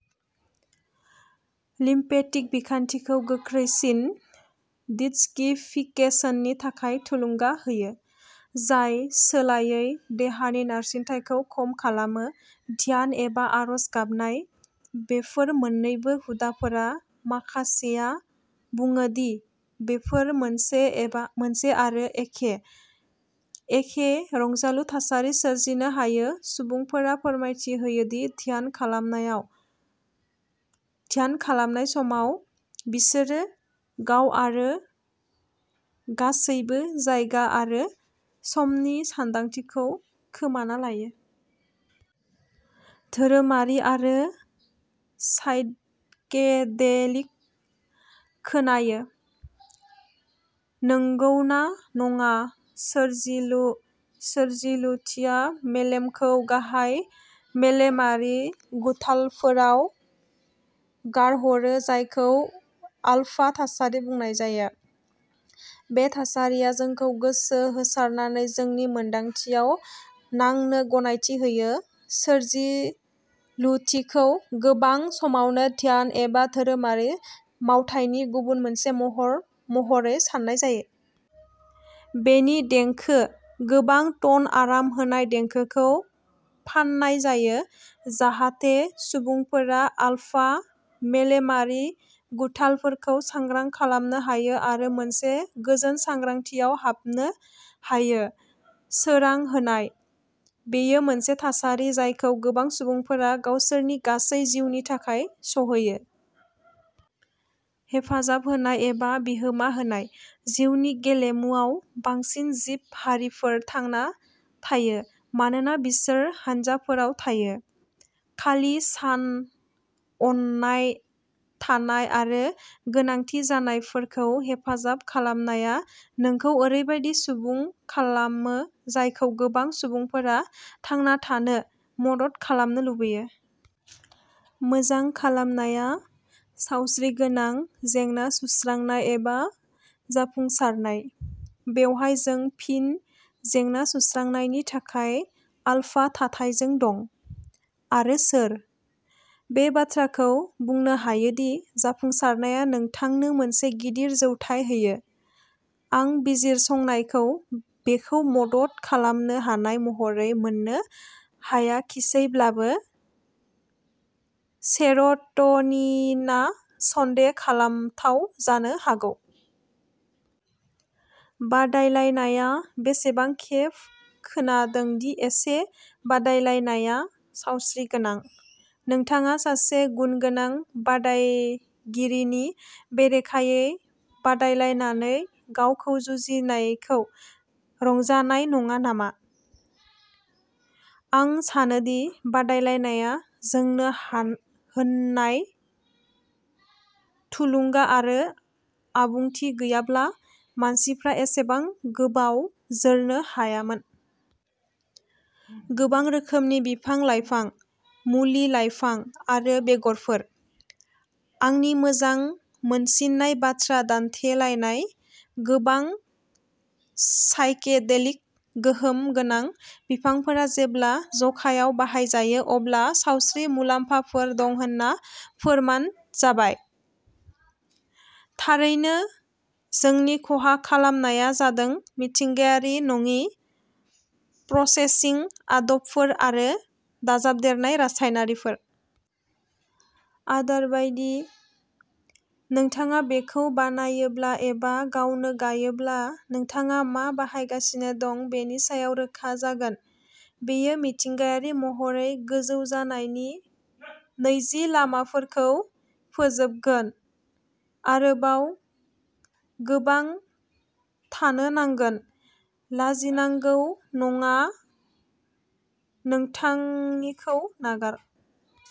Lymphatic बिखान्थिखौ गोख्रैसिन डिटक्सिफिकेसननि थाखाय थुलुंगा होयो, जाय सोलायै देहानि नारसिनथायखौ खम खालामो। ध्यान एबा आरज गाबनाय। बेफोर मोन्नैबो हुदाफोरा, माखासेया बुङो दि बेफोरो मोनसे आरो एखे, एखे रंजालु थासारि सोरजिनो हायो। सुबुंफोरा फोरमायथि होयो दि ध्यान खालामनाय समाव बिसोरो गाव आरो गासैबो जायगा आरो समनि सानदांथिखौ खोमाना लायो। धोरोमारि आरो साइकेडेलिक खोनायो, नंगौना नङा? सोरजिलु। सोरजिलुथिया मेलेमखौ गाहाय मेलेमारि गुथालफोराव गारहरो जायखौ आलफा थासारि बुंनाय जायो। बे थासारिया जोंखौ गोसो होसारनानै जोंनि मोनदांथियाव नांनो गनायथि होयो। सोरजिलुथिखौ गोबां समावनो ध्यान एबा धोरोमारि मावथायनि गुबुन मोनसे महर महरै साननाय जायो। बेनि देंखो गोबां टन आराम होनाय देंखोखौ फाननाय जायो जाहाथे सुबुंफोरा आलफा मेलेमारि गुथालफोरखौ सांग्रां खालामनो हायो आरो मोनसे गोजोन सांग्रांथियाव हाबनो हायो। सोरां होनाय। बेयो मोनसे थासारि जायखौ गोबां सुबुंफोरा गावसोरनि गासै जिउनि थाखाय सहैयो। हेफाजाब होनाय एबा बिहोमा होनाय। जिउनि गेलेमुआव, बांसिन जिब-हारिफोर थांना थायो मानोना बिसोरो हानजाफोराव थायो। खालि सान, अननाय थानाय आरो गोनांथि जानायफोरखौ हेफाजाब खालामनाया नोंखौ ओरैबायदि सुबुं खालामो जायखौ गोबां सुबुंफोरा थांना थानो मदद खालामनो लुबैयो। मोजां खालामनाया सावस्रिगोनां जेंना-सुस्रांनाय एबा जाफुंसारनाय। बेवहाय जों फिन जेंना-सुस्रांनायनि थाखाय आलफा थाथायजों दं। आरो सोर? बे बाथ्राखौ बुंनो हायो दि जाफुंसारनाया नोंथांनो मोनसे गिदिर जौथाय होयो? आं बिजिरसंनायखौ बेखौ मदद खालामनो हानाय महरै मोननो हायाखिसैब्लाबो, सेर'ट'निनआ सन्देह खालामथाव जानो हागौ। बादायलायनाया बेसेबां खेब खोनादों दि एसे बादायलायनाया सावस्रिगोनां, नोंथाङा सासे गुनगोनां बादायगिरिनि बेरेखायै बादायलायनानै गावखौ जुजिनायखौ रंजानाय नङा नामा? आं सानो दि बादायलायनाया जोंनो होनाय थुलुंगा आरो आबुंथि गैयाब्ला मानसिफ्रा एसेबां गोबाव जोरनो हायामोन। गोबां रोखोमनि बिफां-लाइफां, मुलि-लाइफां आरो बेगरफोर। आंनि मोजां मोनसिननाय बाथ्रा दान्थेलायनाय गोबां साइकेडेलिक गोहोम गोनां बिफांफोरा जेब्ला जखायाव बाहायजायो अब्ला सावस्रि मुलाम्फाफोर दं होनना फोरमान जाबाय। थारैनो जोंनि खहा खालामनाया जादों मिथिंगायारि नङि प्रसेसिं आदबफोर आरो दाजाबदेरनाय रासायनारिफोर। आदार बायदि, नोंथाङा बेखौ बानायोब्ला एबा गावनो गायोब्ला, नोंथाङा मा बाहायगासिनो दं बेनि सायाव रोखा जागोन। बेयो मिथिंगायारि महरै गोजौ जानायनि नैजि लामाफोरखौ फोजोबगोन। आरोबाव गोबां थानो नांगोन। लाजिनांगौ नङा नोंथांनिखौ नागार।